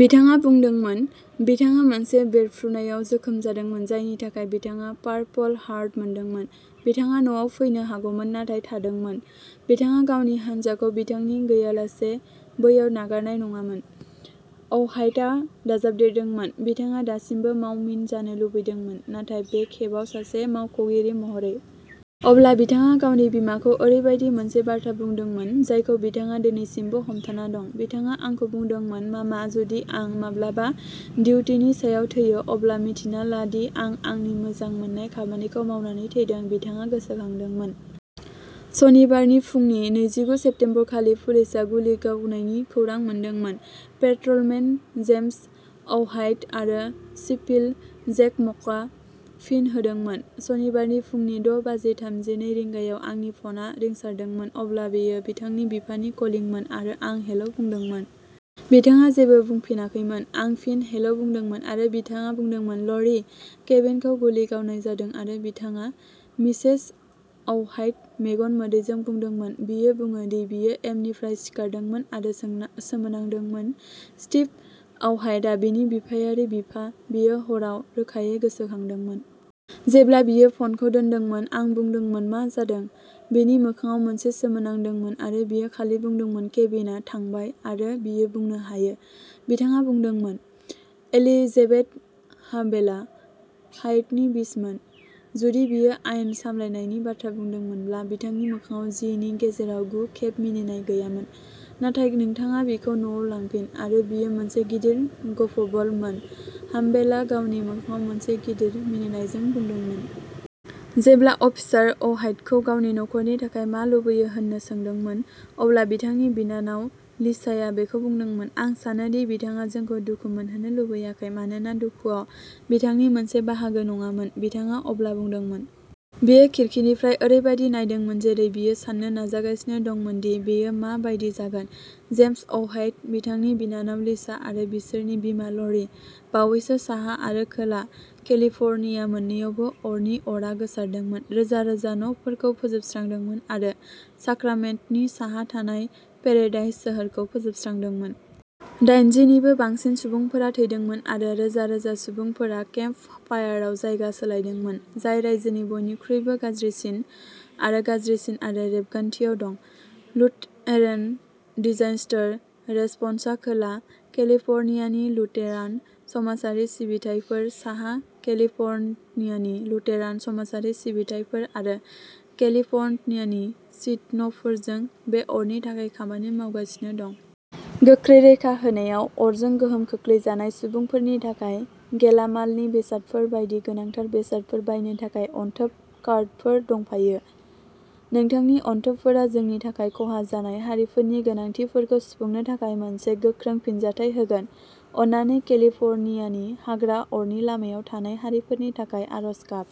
बिथाङा बुंदोंमोन। बिथाङा मोनसे बेरफ्रुनायाव जोखोम जादोंमोन जायनि थाखाय बिथाङा पारपल हार्ट मोनदोंमोन। बिथाङा न'आव फैनो हागौमोन नाथाय थादोंमोन। "बिथाङा गावनि हानजाखौ बिथांनि गैयालासे बैयाव नागारनाय नङामोन", अवहाइटआ दाजाबदेरदोंमोन। बिथाङा दासिमबो मावमिन जानो लुबैदोंमोन नाथाय बे खेबाव सासे मावख'गिरि महरै। अब्ला बिथाङा गावनि बिमाखौ ओरैबायदि मोनसे बाथ्रा बुंदोंमोन जायखौ बिथाङा दिनैसिमबो हमथाना दं। "बिथाङा आंखौ बुंदोंमोन, मामा, जुदि आं माब्लाबा डिउटिनि सायाव थैयो, अब्ला मिथिना ला दि आं आंनि मोजां मोननाय खामानिखौ मावनानै थैदों", बिथाङा गोसोखांदोंमोन। सनिबारनि फुंनि नैजिगु सेप्तेम्बरखालि, पुलिसआ गुलि गावनायनि खौरां मोनदोंमोन। पेट्रलमेन जेम्स अवहाइट आरो सिपिल. जेक म'कआ फिन होदोंमोन। सनिबारनि फुंनि द’ बाजि थामजिनै रिंगायाव आंनि फनआ रिंसारदोंमोन अब्ला बेयो बिथांनि बिफानि कलिंमोन आरो आं हेलौ बुंदोंमोन। बिथाङा जेबो बुंफिनाखैमोन। आं फिन हेलौ बुंदोंमोन। आरो बिथाङा बुंदोंमोन ल'रि, केभिनखौ गुलि गावनाय जादों आरो बिथाङा। ", मिसेस अवहाइटआ मेगन मोदैजों बुंदोंमोन। बियो बुङो दि बियो एमनिफ्राय सिखारदोंमोन आरो सोंना सोमोनांदोंमोन। स्टिभ अवहाइटआ बिनि बिफायारि बिफा, बियो हराव रोखायै गोसोखांदोंमोन।" जेब्ला बियो फनखौ दोनदोंमोन, आं बुंदोंमोन मा जादों। बिनि मोखांआव मोनसे सोमोनांदोंमोन आरो बियो खालि बुंदोंमोन केभिनआ थांबाय आरो बियो बुंनो हायो, बिथाङा बुंदोंमोन। एलिजेबेथ हाभेलआ हाइटनि बिसिमोन। जुदि बियो आयेन सामलायनायनि बाथ्रा बुंदोंमोनब्ला बिथांनि मोखांआव जि नि गेजेराव गु खेब मिनिनाय गैयामोन, नाथाय नोंथाङा बिखौ न'आव लांफिन आरो बियो मोनसे गिदिर ग'फबल मोन, हामभेलआ गावनि मोखांआव मोनसे गिदिर मिनिनायजों बुंदोंमोन। जेब्ला अफिसार अवहाइटखौ गावनि नखरनि थाखाय मा लुबैयो होननो सोंदोंमोन, अब्ला बिथांनि बिनानाव लिसाया बेखौ बुंदोंमोन। "आं सानो दि बिथाङा जोंखौ दुखु मोनहोनो लुबैयाखै, मानोना दुखुआ बिथांनि मोनसे बाहागो नङामोन", बिथाङा अब्ला बुंदोंमोन। बियो खिरखिनिफ्राय ओरैबायदि नायदोंमोन जेरै बियो साननो नाजागासिनो दंमोन दि बेयो मा बायदि जागोन। जेम्स अवहाइट, बिथांनि बिनानाव लिसा आरो बिसोरनि बिमा ल'रि। बावैसो साहा आरो खोला केलिफ'र्निया मोननैआवबो अरनि अरआ गोसारदोंमोन, रोजा-रोजा न'फोरखौ फोजोबस्रांदोंमोन आरो साक्रामेन्ट’नि साहा थानाय पेरेडाइस सोहोरखौ फोजोबस्रांदोंमोन। दाइनजि निबो बांसिन सुबुंफोरा थैदोंमोन आरो रोजा-रोजा सुबुंफोरा केम्प फायारआव जायगा सोलायदोंमोन, जाय रायजोनि बयनिख्रुइ गाज्रिसिन आरो गाज्रिसिन अरनि रेबगान्थियाव दं। लुथेरेन डिजास्टार रेसपन्सआ खोला केलिफ'र्नियानि लुथेरान समाजारि सिबिथाइफोर, साहा केलिफ'र्नियानि लुथेरान समाजारि सिबिथाइफोर आरो केलिफ'र्नियानि सडिन'फोरजों बे अरनि थाखाय खामानि मावगासिनो दं। गोख्रै रैखा होनायाव अरजों गोहोम खोख्लैजानाय सुबुंफोरनि थाखाय गेलामालनि बेसादफोर बायदि गोनांथार बेसादफोर बायनो थाखाय अनथोब कार्डफोर दंफायो। नोंथांनि अनथोबफोरा जोंनि थाखाय खहा जानाय हारिफोरनि गोनांथिफोरखौ सुफुंनो थाखाय मोनसे गोख्रों फिनजाथाय होगोन। अननानै केलिफ'र्नियानि हाग्रा अरनि लामायाव थानाय हारिफोरनि थाखाय आरज गाब।